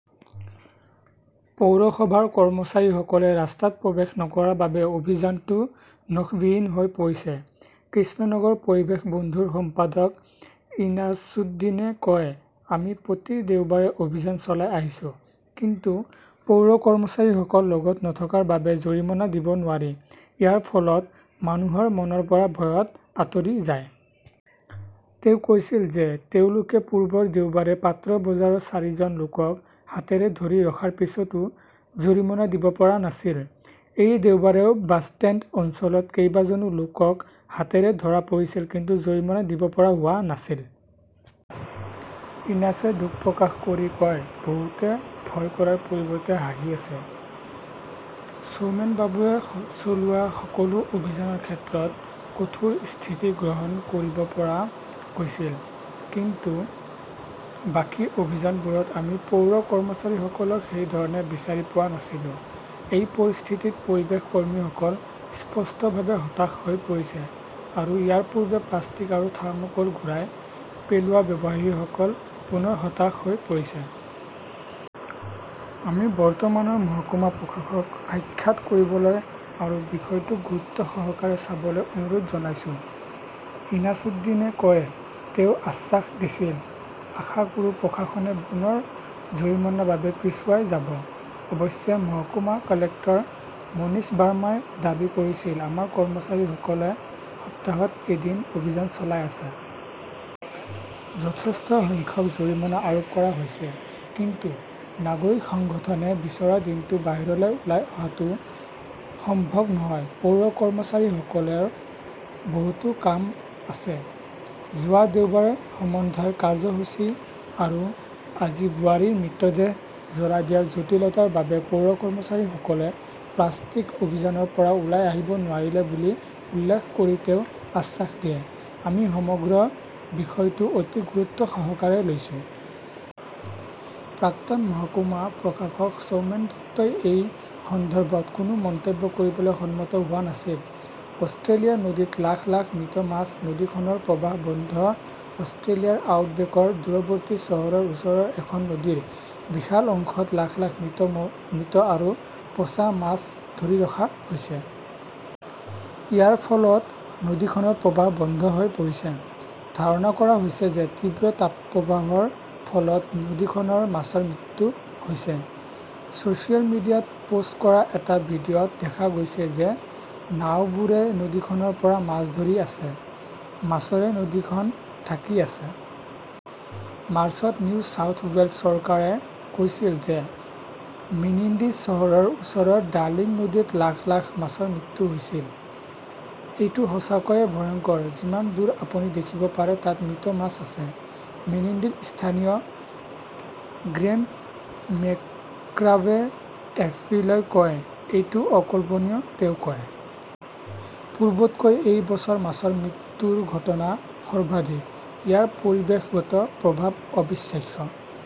পৌৰসভাৰ কৰ্মচাৰীসকলে ৰাস্তাত প্ৰৱেশ নকৰাৰ বাবে অভিযানটো নখবিহীন হৈ পৰিছে। কৃষ্ণনগৰ পৰিৱেশ বন্ধুৰ সম্পাদক ইনাছুদ্দীনে কয়, আমি প্ৰতি দেওবাৰে অভিযান চলাই আহিছো। কিন্তু পৌৰ কৰ্মচাৰীসকল লগত নথকাৰ বাবে জৰিমনা দিব নোৱাৰি। ইয়াৰ ফলত মানুহৰ মনৰ পৰা ভয় আঁতৰি যায়। তেওঁ কৈছিল যে, তেওঁলোকে পূৰ্বৰ দেওবাৰে পাত্ৰ বজাৰত চাৰিজন লোকক হাতেৰে ধৰি ৰখাৰ পিছতো জৰিমনা দিব পৰা নাছিল। এই দেওবাৰেও বাছষ্টেণ্ড অঞ্চলত কেইবাজনো লোকক হাতেৰে ধৰা পৰিছিল কিন্তু জৰিমনা দিব পৰা হোৱা নাছিল। ইনাছে দুখ প্ৰকাশ কৰি কয়, বহুতে ভয় কৰাৰ পৰিৱৰ্তে হাঁহি আছে। সৌমেনবাবুৱে চলোৱা সকলো অভিযানৰ ক্ষেত্ৰত কঠোৰ স্থিতি গ্ৰহণ কৰিব পৰা গৈছিল, কিন্তু বাকী অভিযানবোৰত আমি পৌৰ কৰ্মচাৰীসকলক সেই ধৰণে বিচাৰি পোৱা নাছিলো। এই পৰিস্থিতিত পৰিৱেশ কৰ্মীসকল স্পষ্টভাৱে হতাশ হৈ পৰিছে আৰু ইয়াৰ পূৰ্বে প্লাষ্টিক আৰু থাৰ্মোকোল ঘূৰাই পেলোৱা ব্যৱসায়ীসকল পুনৰ হতাশ হৈ পৰিছে। আমি বৰ্তমানৰ মহকুমা প্ৰশাসকক সাক্ষাৎ কৰিবলৈ আৰু বিষয়টো গুৰুত্বসহকাৰে চাবলৈ অনুৰোধ জনাইছো। ইনাছুদ্দীনে কয় ,তেওঁ আশ্বাস দিছিল। আশা কৰোঁ প্ৰশাসনে পুনৰ জৰিমনাৰ বাবে পিছুৱাই যাব। অৱশ্যে, মহকুমা কালেক্টৰ মনীষ বাৰ্মাই দাবী কৰিছিল আমাৰ কৰ্মচাৰীসকলে সপ্তাহত এদিন অভিযান চলাই আছে। যথেষ্ট সংখ্যক জৰিমনা আৰোপ কৰা হৈছে, কিন্তু নাগৰিক সংগঠনে বিচৰা দিনটো বাহিৰলৈ ওলাই অহাটো সম্ভৱ নহয় পৌৰ কৰ্মচাৰীসকলৰ বহুতো কাম আছে। যোৱা দেওবাৰে সমন্বয় কাৰ্যসূচী আৰু আজি বোৱাৰীৰ মৃতদেহ জ্বলাই দিয়াৰ জটিলতাৰ বাবে পৌৰ কৰ্মচাৰীসকলে প্লাষ্টিক অভিযানৰ পৰা ওলাই আহিব নোৱাৰিলে বুলি উল্লেখ কৰি তেওঁ আশ্বাস দিয়ে, আমি সমগ্ৰ বিষয়টো অতি গুৰুত্বসহকাৰে লৈছো। প্ৰাক্তন মহকুমা প্ৰশাসক সৌমেন দত্তই এই সন্দৰ্ভত কোনো মন্তব্য কৰিবলৈ সন্মত হোৱা নাছিল। অষ্ট্ৰেলিয়াৰ নদীত লাখ -লাখ মৃত মাছ, নদীখনৰ প্ৰবাহ বন্ধ অষ্ট্ৰেলিয়াৰ আউটবেকৰ দূৰৱৰ্তী চহৰৰ ওচৰৰ এখন নদীৰ বিশাল অংশত লাখ -লাখ মৃত আৰু পচা মাছ ধৰি ৰখা হৈছে। ইয়াৰ ফলত নদীখনৰ প্ৰবাহ বন্ধ হৈ পৰিছে। ধাৰণা কৰা হৈছে যে তীব্ৰ তাপপ্ৰবাহৰ ফলত নদীখনৰ মাছৰ মৃত্যু হৈছে। ছচিয়েল মিডিয়াত পোষ্ট কৰা এটা ভিডিঅ' ত দেখা গৈছে যে নাওবোৰে নদীখনৰ পৰা মাছ ধৰি আছে, মাছৰে নদীখন ঢাকি আছে। মাৰ্চত নিউ চাউথ ৱেলছ চৰকাৰে কৈছিল যে মেনিণ্ডি চহৰৰ ওচৰৰ ডাৰ্লিং নদীত লাখ- লাখ মাছৰ মৃত্যু হৈছিল। এইটো সঁচাকৈয়ে ভয়ংকৰ যিমান দূৰ আপুনি দেখিব পাৰে তাত মৃত মাছ আছে। মেনিণ্ডিৰ স্থানীয় গ্ৰেম মেকক্ৰাবে এফপিলৈ কয়, এইটো অকল্পনীয় তেওঁ কয়। পূৰ্বতকৈ এই বছৰ মাছৰ মৃত্যুৰ ঘটনা সৰ্বাধিক। ইয়াৰ পৰিৱেশগত প্ৰভাৱ অবিশ্বাস্য।